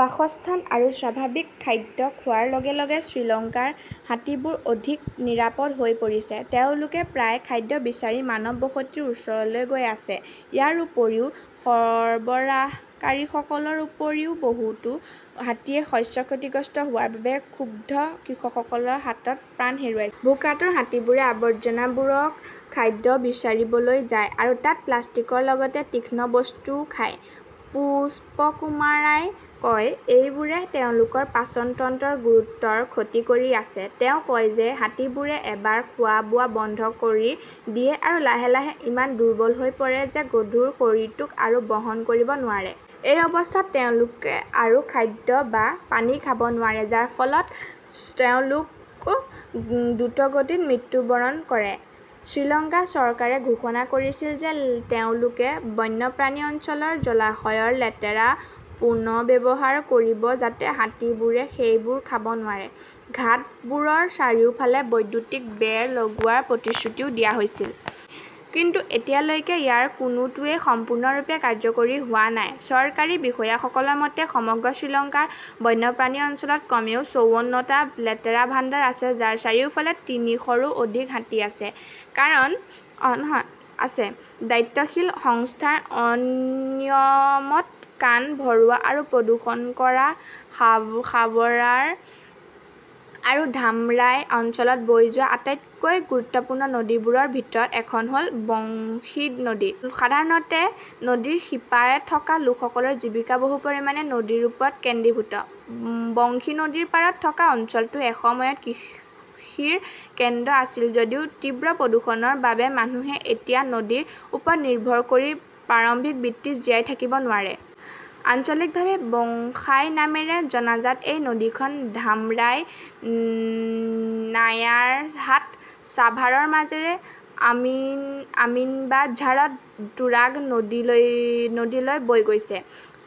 বাসস্থান আৰু স্বাভাৱিক খাদ্য খোৱাৰ লগে লগে শ্ৰীলংকাৰ হাতীবোৰ অধিক নিৰাপদ হৈ পৰিছে। তেওঁলোকে প্ৰায়ে খাদ্য বিচাৰি মানৱ বসতিৰ ওচৰলৈ গৈ আছে। ইয়াৰ উপৰিও সৰবৰাহকাৰীসকলৰ উপৰিও বহুতো হাতীয়ে শস্য ক্ষতিগ্ৰস্ত হোৱাৰ বাবে ক্ষুব্ধ কৃষকসকলৰ হাতত প্ৰাণ হেৰুৱাইছে। ভোকাতুৰ হাতীবোৰে আৱৰ্জনাবোৰত খাদ্য বিচাৰিবলৈ যায় আৰু তাত প্লাষ্টিকৰ লগতে তীক্ষ্ণ বস্তুও খায়, পুষ্পকুমাৰাই কয়। এইবোৰে তেওঁলোকৰ পাচন তন্ত্ৰৰ গুৰুতৰ ক্ষতি কৰি আছে। তেওঁ কয় যে হাতীবোৰে এবাৰ খোৱা-বোৱা বন্ধ কৰি দিয়ে আৰু লাহে লাহে ইমান দুৰ্বল হৈ পৰে যে গধুৰ শৰীৰটো আৰু বহন কৰিব নোৱাৰে। এই অৱস্থাত তেওঁলোকে আৰু খাদ্য বা পানী খাব নোৱাৰে, যাৰ ফলত তেওঁলোক দ্ৰুতগতিত মৃত্যুবৰণ কৰে। শ্ৰীলংকা চৰকাৰে ঘোষণা কৰিছিল যে তেওঁলোকে বন্যপ্ৰাণী অঞ্চলৰ জলাশয়ৰ লেতেৰা পুনৰ্ব্যৱহাৰ কৰিব যাতে হাতীবোৰে সেইবোৰ খাব নোৱাৰে। ঘাটবোৰৰ চাৰিওফালে বৈদ্যুতিক বেৰ লগোৱাৰ প্ৰতিশ্ৰুতিও দিয়া হৈছিল। কিন্তু এতিয়ালৈকে ইয়াৰ কোনোটোৱেই সম্পূৰ্ণৰূপে কাৰ্যকৰী হোৱা নাই। চৰকাৰী বিষয়াসকলৰ মতে, সমগ্ৰ শ্ৰীলংকাৰ বন্যপ্ৰাণী অঞ্চলত কমেও চৌৱন্নটা লেতেৰা ভাণ্ডাৰ আছে, যাৰ চাৰিওফালে তিনিশৰো অধিক হাতী আছে। দায়িত্বশীল সংস্থাৰ অনিয়মত কাণ ভৰোৱা আৰু প্ৰদূষণ কৰা সাৱাৰ আৰু ধামৰাই অঞ্চলত বৈ যোৱা আটাইতকৈ গুৰুত্বপূৰ্ণ নদীবোৰৰ ভিতৰত এখন হ'ল বংশী নদী। সাধাৰণতে নদীৰ সিপাৰে থকা লোকসকলৰ জীৱিকা বহু পৰিমাণে নদীৰ ওপৰত কেন্দ্ৰীভূত। বংশী নদীৰ পাৰত থকা অঞ্চলটো এসময়ত কৃষিৰ কেন্দ্ৰ আছিল যদিও তীব্ৰ প্ৰদূষণৰ বাবে মানুহে এতিয়া নদীৰ ওপৰত নিৰ্ভৰ কৰি প্ৰাৰম্ভিক বৃত্তিত জীয়াই থাকিব নোৱাৰে। আঞ্চলিকভাৱে "বংশাই" নামেৰে জনাজাত এই নদীখন ধামৰাইৰ নায়াৰহাট-ছাভাৰৰ মাজেৰে আমিনবাঝাৰত তুৰাগ নদীলৈ বৈ গৈছে।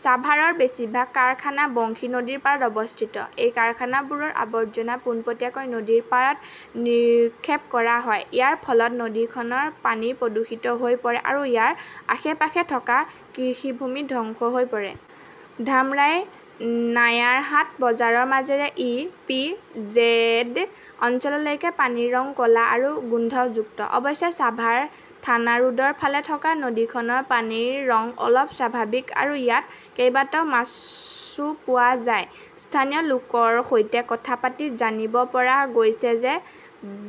ছাভাৰৰ বেছিভাগ কাৰখানা বংশী নদীৰ পাৰত অৱস্থিত। এই কাৰখানাবোৰৰ আৱৰ্জনা পোনপটীয়াকৈ নদীৰ পাৰত নিৰক্ষেপ কৰা হয়। ইয়াৰ ফলত নদীখনৰ পানী প্ৰদূষিত হৈ পৰে আৰু ইয়াৰ আশে-পাশে থকা কৃষিভূমি ধ্বংস হৈ পৰে। ধামৰাইৰ নায়াৰহাট বজাৰৰ মাজেৰে ই. পি. জেড. অঞ্চললৈকে পানীৰ ৰং ক'লা আৰু গোন্ধযুক্ত। অৱশ্যে, ছাভাৰ থানাৰোডৰ ফালে থকা নদীখনৰ পানীৰ ৰং অলপ স্বাভাৱিক আৰু ইয়াত কেইবাটাও মাছও পোৱা যায়। স্থানীয় লোকৰ সৈতে কথা পাতি জানিব পৰা গৈছে যে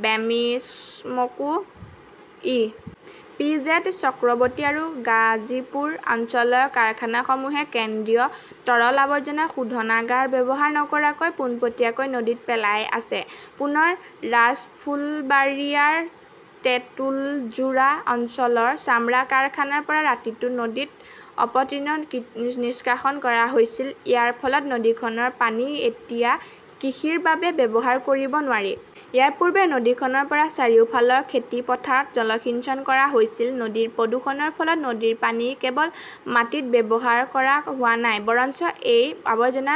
Beximco, E. P. Z., Chakraborty আৰু গাজিপুৰ অঞ্চলৰ কাৰখানাসমূহে কেন্দ্ৰীয় তৰল আৱৰ্জনা শোধনাগাৰ ব্যৱহাৰ নকৰাকৈ পোনপটীয়াকৈ নদীত পেলাই আছে। পুনৰ ৰাজফুলবাৰিয়াৰ তেঁতুলজোৰা অঞ্চলৰ চামৰা কাৰখানাৰ পৰা ৰাতিটো নদীত অপতৃণ নিষ্কাশন কৰা হৈছিল। ইয়াৰ ফলত নদীখনৰ পানী এতিয়া কৃষিৰ বাবে ব্যৱহাৰ কৰিব নোৱাৰি। ইয়াৰ পূৰ্বে নদীখনৰ পৰা চাৰিওফালৰ খেতি পথাৰত জলসিঞ্চন কৰা হৈছিল। নদীৰ প্ৰদূষণৰ ফলত নদীৰ পানী কেৱল মাটিত ব্যৱহাৰ কৰা হোৱা নাই, বৰঞ্চ এই আৱৰ্জনা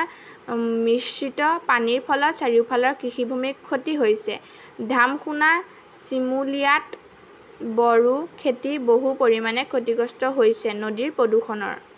মিশ্ৰিত পানীৰ ফলত চাৰিওফালৰ কৃষিভূমিৰ ক্ষতি হৈছে। ধামসোনা, চিমুলিয়াত বৰো খেতি বহু পৰিমাণে ক্ষতিগ্ৰস্ত হৈছে। নদীৰ প্ৰদূষণৰ